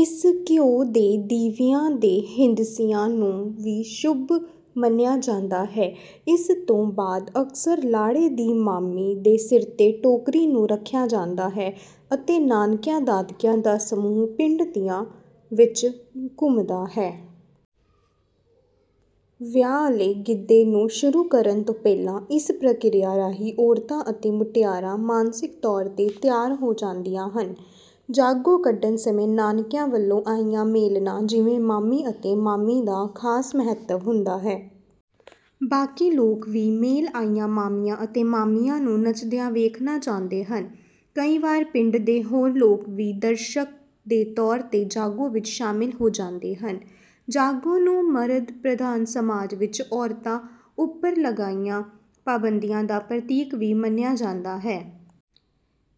ਇਸ ਘਿਉ ਦੇ ਦੀਵਿਆਂ ਦੇ ਹਿੰਦਸਿਆਂ ਨੂੰ ਵੀ ਸ਼ੁਭ ਮੰਨਿਆ ਜਾਂਦਾ ਹੈ। ਇਸ ਤੋਂ ਬਾਅਦ ਅਕਸਰ ਲਾੜੇ ਦੀ ਮਾਮੀ ਦੇ ਸਿਰ ਤੇ ਟੋਕਣੀ ਨੂੰ ਰੱਖਿਆ ਜਾਂਦਾ ਹੈ ਅਤੇ ਨਾਨਕਿਆਂ ਦਾਦਕਿਆਂ ਦਾ ਸਮੂਹ ਪਿੰਡ ਦੀਆਂ ਵਿੱਚ ਘੁੰਮਦਾ ਹੈ। ਵਿਆਹੁਲੇ ਗਿੱਧੇ ਨੂੰ ਸ਼ੁਰੂ ਕਰਨ ਤੋਂ ਪਹਿਲਾਂ ਇਸ ਪ੍ਰਕਿਰਿਆ ਰਾਹੀਂ ਔਰਤਾਂ ਅਤੇ ਮੁਟਿਆਰਾਂ ਮਾਨਸਿਕ ਤੌਰ ਤੇ ਤਿਆਰ ਹੋ ਜਾਂਦੀਆਂ ਹਨ। ਜਾਗੋ ਕੱਢਣ ਸਮੇਂ ਨਾਨਕਿਆਂ ਵੱਲੋਂ ਆਈਆਂ ਮੇਲਣਾਂ ਜਿਵੇਂ ਮਾਮੀ ਅਤੇ ਮਾਸੀ ਦਾ ਖ਼ਾਸ ਮਹੱਤਵ ਹੁੰਦਾ ਹੈ। ਬਾਕੀ ਲੋਕ ਵੀ ਮੇਲ ਆਈਆਂ ਮਾਸੀਆਂ ਅਤੇ ਮਾਮੀਆਂ ਨੂੰ ਨੱਚਦੀਆਂ ਵੇਖਣਾ ਚਾਹੁੰਦੇ ਹਨ। ਕਈ ਵਾਰ ਪਿੰਡ ਦੇ ਹੋਰ ਲੋਕ ਵੀ ਦਰਸ਼ਕ ਦੇ ਤੌਰ ਤੇ ਜਾਗੋ ਵਿੱਚ ਸ਼ਾਮਿਲ ਹੋ ਜਾਂਦੇ ਹਨ। ਜਾਗੋ ਨੂੰ ਮਰਦ ਪ੍ਰਧਾਨ ਸਮਾਜ ਵਿੱਚ ਔਰਤਾਂ ਉੱਪਰ ਲਗਾਈਆਂ ਪਾਬੰਦੀਆਂ ਦਾ ਪ੍ਰਤੀਕ ਵੀ ਮੰਨਿਆ ਜਾਂਦਾ ਹੈ।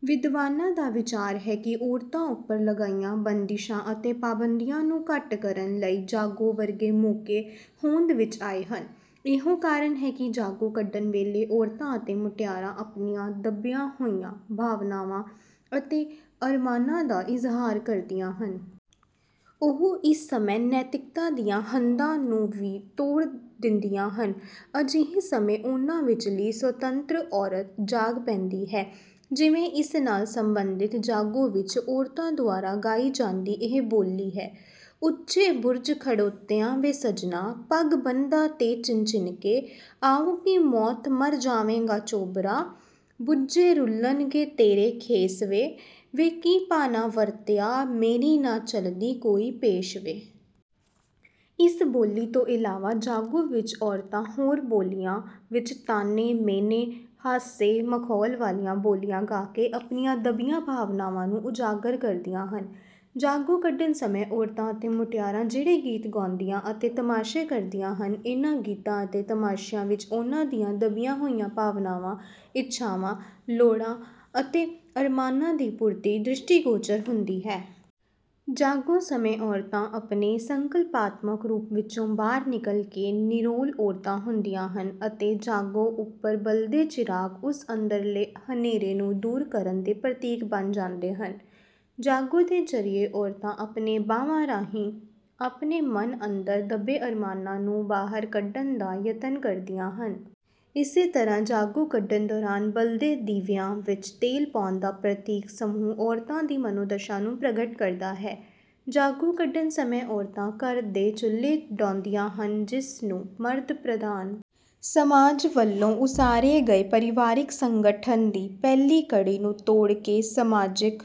ਵਿਦਵਾਨਾਂ ਦਾ ਵਿਚਾਰ ਹੈ ਕਿ ਔਰਤਾਂ ਉੱਪਰ ਲਗਾਈਆਂ ਬੰਦਿਸ਼ਾਂ ਅਤੇ ਪਾਬੰਦੀਆਂ ਨੂੰ ਘੱਟ ਕਰਨ ਲਈ ਜਾਗੋ ਵਰਗੇ ਮੌਕੇ ਹੋਂਦ ਵਿੱਚ ਆਏ ਹਨ। ਇਹੋ ਕਾਰਨ ਹੈ ਕਿ ਜਾਗੋ ਕੱਢਣ ਵੇਲੇ ਔਰਤਾਂ ਅਤੇ ਮੁਟਿਆਰਾਂ ਆਪਣੀਆਂ ਦੱਬੀਆਂ ਹੋਈਆਂ ਭਾਵਨਾਵਾਂ ਅਤੇ ਅਰਮਾਨਾਂ ਦਾ ਇਜ਼ਹਾਰ ਕਰਦੀਆਂ ਹਨ। ਉਹ ਇਸ ਸਮੇਂ ਨੈਤਿਕਤਾ ਦੀਆਂ ਹੱਦਾਂ ਨੂੰ ਵੀ ਤੋੜ ਦਿੰਦੀਆਂ ਹਨ। ਅਜਿਹੇ ਸਮੇਂ ਉਹਨਾਂ ਵਿਚਲੀ 'ਸੁਤੰਤਰ' ਔਰਤ ਜਾਗ ਪੈਂਦੀ ਹੈ। ਜਿਵੇਂ ਇਸ ਨਾਲ ਸੰਬੰਧਿਤ ਜਾਗੋ ਵਿੱਚ ਔਰਤਾਂ ਦੁਆਰਾ ਗਾਈ ਜਾਂਦੀ ਇਹ ਬੋਲੀ ਹੈ: ਉੱਚੇ ਬੁਰਜ ਖੜੋਤਿਆ ਵੇ ਸੱਜਣਾ, ਪੱਗ ਬੰਨ੍ਹਦਾ ਤੇ ਚਿਣ-ਚਿਣ ਕੇ, ਆਊਗੀ ਮੌਤ ਮਰ ਜਾਵੇਂਗਾ ਚੋਬਰਾ, ਭੁੰਜੇ ਰੁਲਣਗੇ ਤੇਰੇ ਖੇਸ ਵੇ, ਵੇ ਕੀ ਭਾਣਾ ਵਰਤਿਆ, ਮੇਰੀ ਨਾ ਚੱਲਦੀ ਕੋਈ ਪੇਸ਼ ਵੇ। ਇਸ ਬੋਲੀ ਤੋਂ ਇਲਾਵਾ ਜਾਗੋ ਵਿੱਚ ਔਰਤਾਂ ਹੋਰ ਬੋਲੀਆਂ ਵਿੱਚ ਤਾਅਨੇ, ਮਿਹਣੇ, ਹਾਸੇ-ਮਖੌਲ ਵਾਲੀਆਂ ਬੋਲੀਆਂ ਗਾ ਕੇ ਆਪਣੀਆਂ ਦੱਬੀਆਂ ਭਾਵਨਾਵਾਂ ਨੂੰ ਉਜਾਗਰ ਕਰਦੀਆਂ ਹਨ। ਜਾਗੋ ਕੱਢਣ ਸਮੇਂ ਔਰਤਾਂ ਅਤੇ ਮੁਟਿਆਰਾਂ ਜਿਹੜੇ ਗੀਤ ਗਾਉਂਦੀਆਂ ਅਤੇ ਤਮਾਸ਼ੇ ਕਰਦੀਆਂ ਹਨ, ਇਹਨਾਂ ਗੀਤਾਂ ਅਤੇ ਤਮਾਸ਼ਿਆਂ ਵਿੱਚ ਉਹਨਾਂ ਦੀਆਂ ਦੱਬੀਆਂ ਹੋਈਆਂ ਭਾਵਨਾਵਾਂ, ਇੱਛਾਵਾਂ, ਲੋੜਾਂ ਅਤੇ ਅਰਮਾਨਾਂ ਦੀ ਪੂਰਤੀ ਦ੍ਰਿਸ਼ਟੀਗੋਚਰ ਹੁੰਦੀ ਹੈ। ਜਾਗੋ ਸਮੇਂ ਔਰਤਾਂ ਆਪਣੇ ਸੰਕਲਪਾਤਮਕ ਰੂਪ ਵਿੱਚੋਂ ਬਾਹਰ ਨਿਕਲ ਕੇ ਨਿਰੋਲ ਔਰਤਾਂ ਹੁੰਦੀਆਂ ਹਨ ਅਤੇ ਜਾਗੋ ਉੱਪਰ ਬਲਦੇ ਚਿਰਾਗ ਉਸ ਅੰਦਰਲੇ ਹਨੇਰੇ ਨੂੰ ਦੂਰ ਕਰਨ ਦੇ ਪ੍ਰਤੀਕ ਬਣ ਜਾਂਦੇ ਹਨ। ਜਾਗੋ ਦੇ ਜ਼ਰੀਏ ਔਰਤਾਂ ਆਪਣੇ ਬਾਵਾਂ ਰਾਹੀਂ ਆਪਣੇ ਮਨ ਅੰਦਰ ਦੱਬੇ ਅਰਮਾਨਾਂ ਨੂੰ ਬਾਹਰ ਕੱਢਣ ਦਾ ਯਤਨ ਕਰਦੀਆਂ ਹਨ। ਇਸੇ ਤਰ੍ਹਾਂ ਜਾਗੋ ਕੱਢਣ ਦੌਰਾਨ ਬਲਦੇ ਦੀਵਿਆਂ ਵਿੱਚ ਤੇਲ ਪਾਉਣ ਦਾ ਪ੍ਰਤੀਕ ਸਮੂਹ ਔਰਤਾਂ ਦੀ ਮਨੋਦਸ਼ਾ ਨੂੰ ਪ੍ਰਗਟ ਕਰਦਾ ਹੈ। ਜਾਗੋ ਕੱਢਣ ਸਮੇਂ ਔਰਤਾਂ ਘਰ ਦੇ ਚੁੱਲ੍ਹੇ ਢਾਹੁੰਦੀਆਂ ਹਨ, ਜਿਸ ਨੂੰ ਮਰਦ ਪ੍ਰਧਾਨ ਸਮਾਜ ਵੱਲੋਂ ਉਸਾਰੇ ਗਏ ਪਰਿਵਾਰਿਕ ਸੰਗਠਨ ਦੀ ਪਹਿਲੀ ਕੜੀ ਨੂੰ ਤੋੜ ਕੇ ਸਮਾਜਿਕ